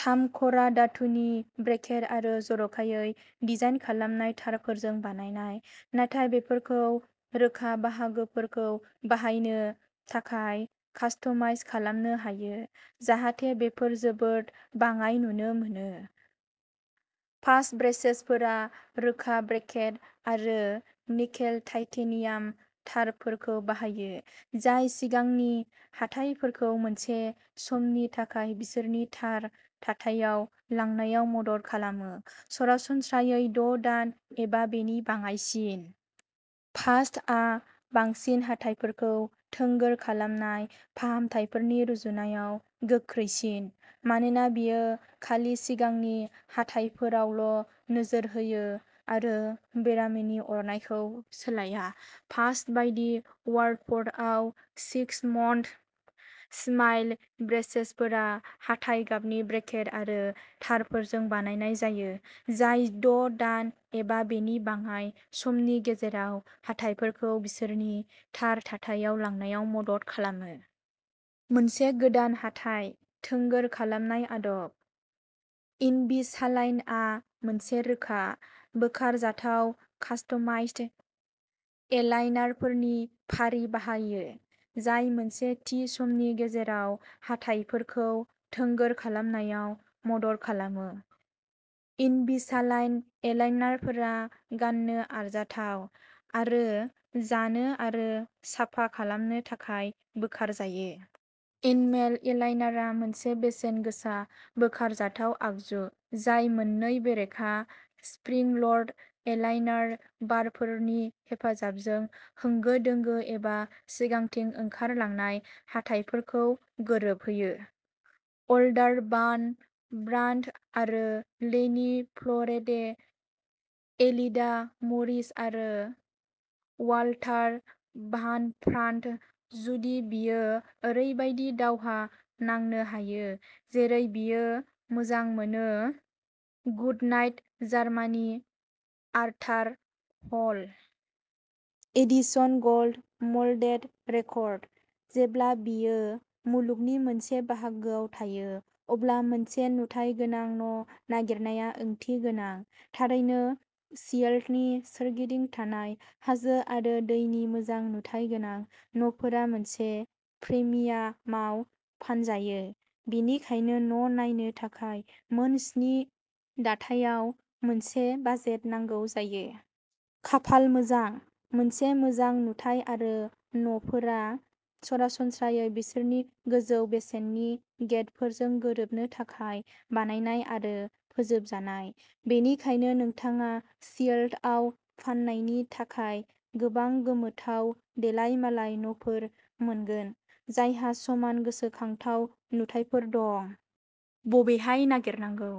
थामख'रा धातुनि ब्रेकेट आरो जर'खायै डिजाइन खालामनाय तारफोरजों बानायनाय, नाथाय बेफोरखौ रोखा बाहागोफोरखौ बाहायनो थाखाय कास्टमाइज खालामनो हायो, जाहाथे बेफोर जोबोद बाङाइ नुनो मोनो। फास्ट ब्रेसेसफोरा रोखा ब्रेकेट आरो निकेल-टाइटेनियाम तारफोरखौ बाहायो, जाय सिगांनि हाथायफोरखौ मोनसे समनि थाखाय बिसोरनि थार थाथायाव लांनायाव मदद खालामो सरासनस्रायै द' दान एबा बेनि बाङाइसिन। फास्टआ बांसिन हाथायफोरखौ थोंगोर खालामनाय फाहामथायफोरनि रुजुनायाव गोख्रैसिन मानोना बियो खालि सिगांनि हाथायफोरावल'नोजोर होयो आरो बेरामिनि अरनायखौ सोलाया। फास्ट बायदि, अवाटफ'र्डआव सिक्स मन्थ स्माइल्स ब्रेसेसफोरा हाथाय गाबनि ब्रेकेट आरो तारफोरजों बानायनाय जायो, जाय द' दान एबा बेनि बाङाइ समनि गेजेराव हाथायफोरखौ बिसोरनि थार थाथायाव लांनायाव मदद खालामो। मोनसे गोदान हाथाय थोंगोर खालामनाय आदब, इनभिसालाइनआ मोनसे रोखा, बोखारजाथाव, कास्टमाइज्ड एलाइनारफोरनि फारि बाहायो, जाय मोनसे थि समनि गेजेराव हाथायफोरखौ थोंगोर खालामनायाव मदद खालामो। इनभिसालाइन एलाइनारफोरा गाननो आरजाथाव आरो जानो आरो साफा खालामनो थाखाय बोखारजायो। इनमेन एलाइनारआ मोनसे बेसेन-गोसा। बोखारजाथाव आगजु जाय मोननै बेरेखा स्प्रिं-ल'ड एलाइनार बारफोरनि हेफाजाबजों होंगो-दोंगो एबा सिगांथिं ओंखारलांनाय हाथायफोरखौ गोरोबहोयो। अवाल्टार भान ब्रान्ट आरो लेनि फ्ल'रेडे। एलिडा मरिस आरो वाल्टार भान ब्रान्ट। जुदि बियो ओरैबायदि दावहा नांनो हायो जेरै बियो मोजां मोनो, goodnight Germany Arthur Hall. Edison gold moulded record. जेब्ला बियो मुलुगनि मोनसे बाहागोआव थायो, अब्ला मोनसे नुथाय गोनां न' नागिरनाया ओंथिगोनां। थारैनो, सियाटलनि सोरगिदिं थानाय हाजो आरो दैनि मोजां नुथाय गोनां न'फोरा मोनसे प्रिमियामाव फानजायो, बेनिखायनो न' नायनो थाखाय मोन स्नि दाथायाव मोनसे बाजेट नांगौ जायो। खाफाल मोजां, मोनसे मोजां नुथाय आरो न'फोरा सरासनस्रायै बिसोरनि गोजौ बेसेननि टेगफोरजों गोरोबनो थाखाय बानायनाय आरो फोजोबजानाय, बेनिखायनो नोंथाङा सियाटलआव फाननायनि थाखाय गोबां गोमोथाव देलाय मालाय न'फोर मोनगोन जायहा समान गोसोखांथाव नुथायफोर दं। बबेहाय नागिरनांगौ?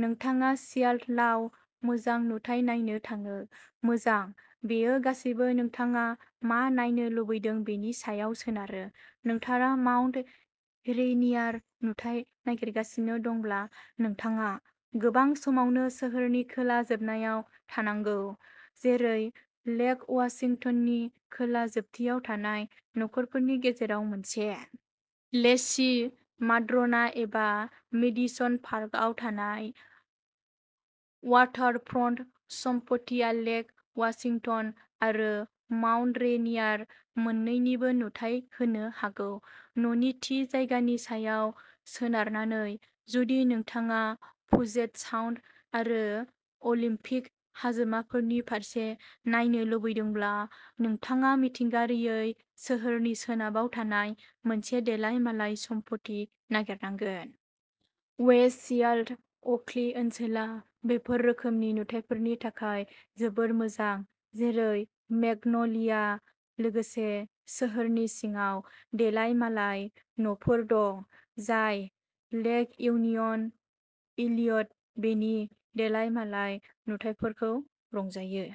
नोंथाङा सियाटलाव मोजां नुथाय नायनो थाङो? मोजां, बेयो गासिबो नोंथाङा मा नायनो लुबैदों बेनि सायाव सोनारो। नोंथाङा माउन्ट रेइनियार नुथाय नागिरगासिनो दंब्ला, नोंथाङा गोबां समावनो सोहोरनि खोला जोबनायाव थानांगौ, जेरै लेक अवाशिंटननि खोला जोबथियाव थानाय न'खरफोरनि गेजेराव मोनसे। लेसचि, माद्र'ना, एबा मेडिसन पार्कआव थानाय अवाटारफ्रन्ट सम्पथिया लेक अवाशिंटन आरो माउन्ट रेइनियार मोननैनिबो नुथाय होनो हागौ, न'नि थि जायगानि सायाव सोनारनानै। जुदि नोंथाङा पुजेट साउन्ड आरो अलिम्पिक हाजोमाफोरनि फारसे नायनो लुबैदोंब्ला, नोंथाङा मिथिंगायारियै सोहोरनि सोनाबाव थानाय मोनसे देलाय मालाय सम्पथि नागिरनांगोन। अवेस्ट सियाटल अल्कि ओनसोला बेफोर रोखोमनि नुथायफोरनि थाखाय जोबोद मोजां, जेरै मेग्न'लिया। लोगोसे, सोहोरनि सिङाव देलायमालाय न'फोर दं जाय लेक इउनियन इलियट बेनि देलाय मालाय नुथायफोरखौ रंजायो।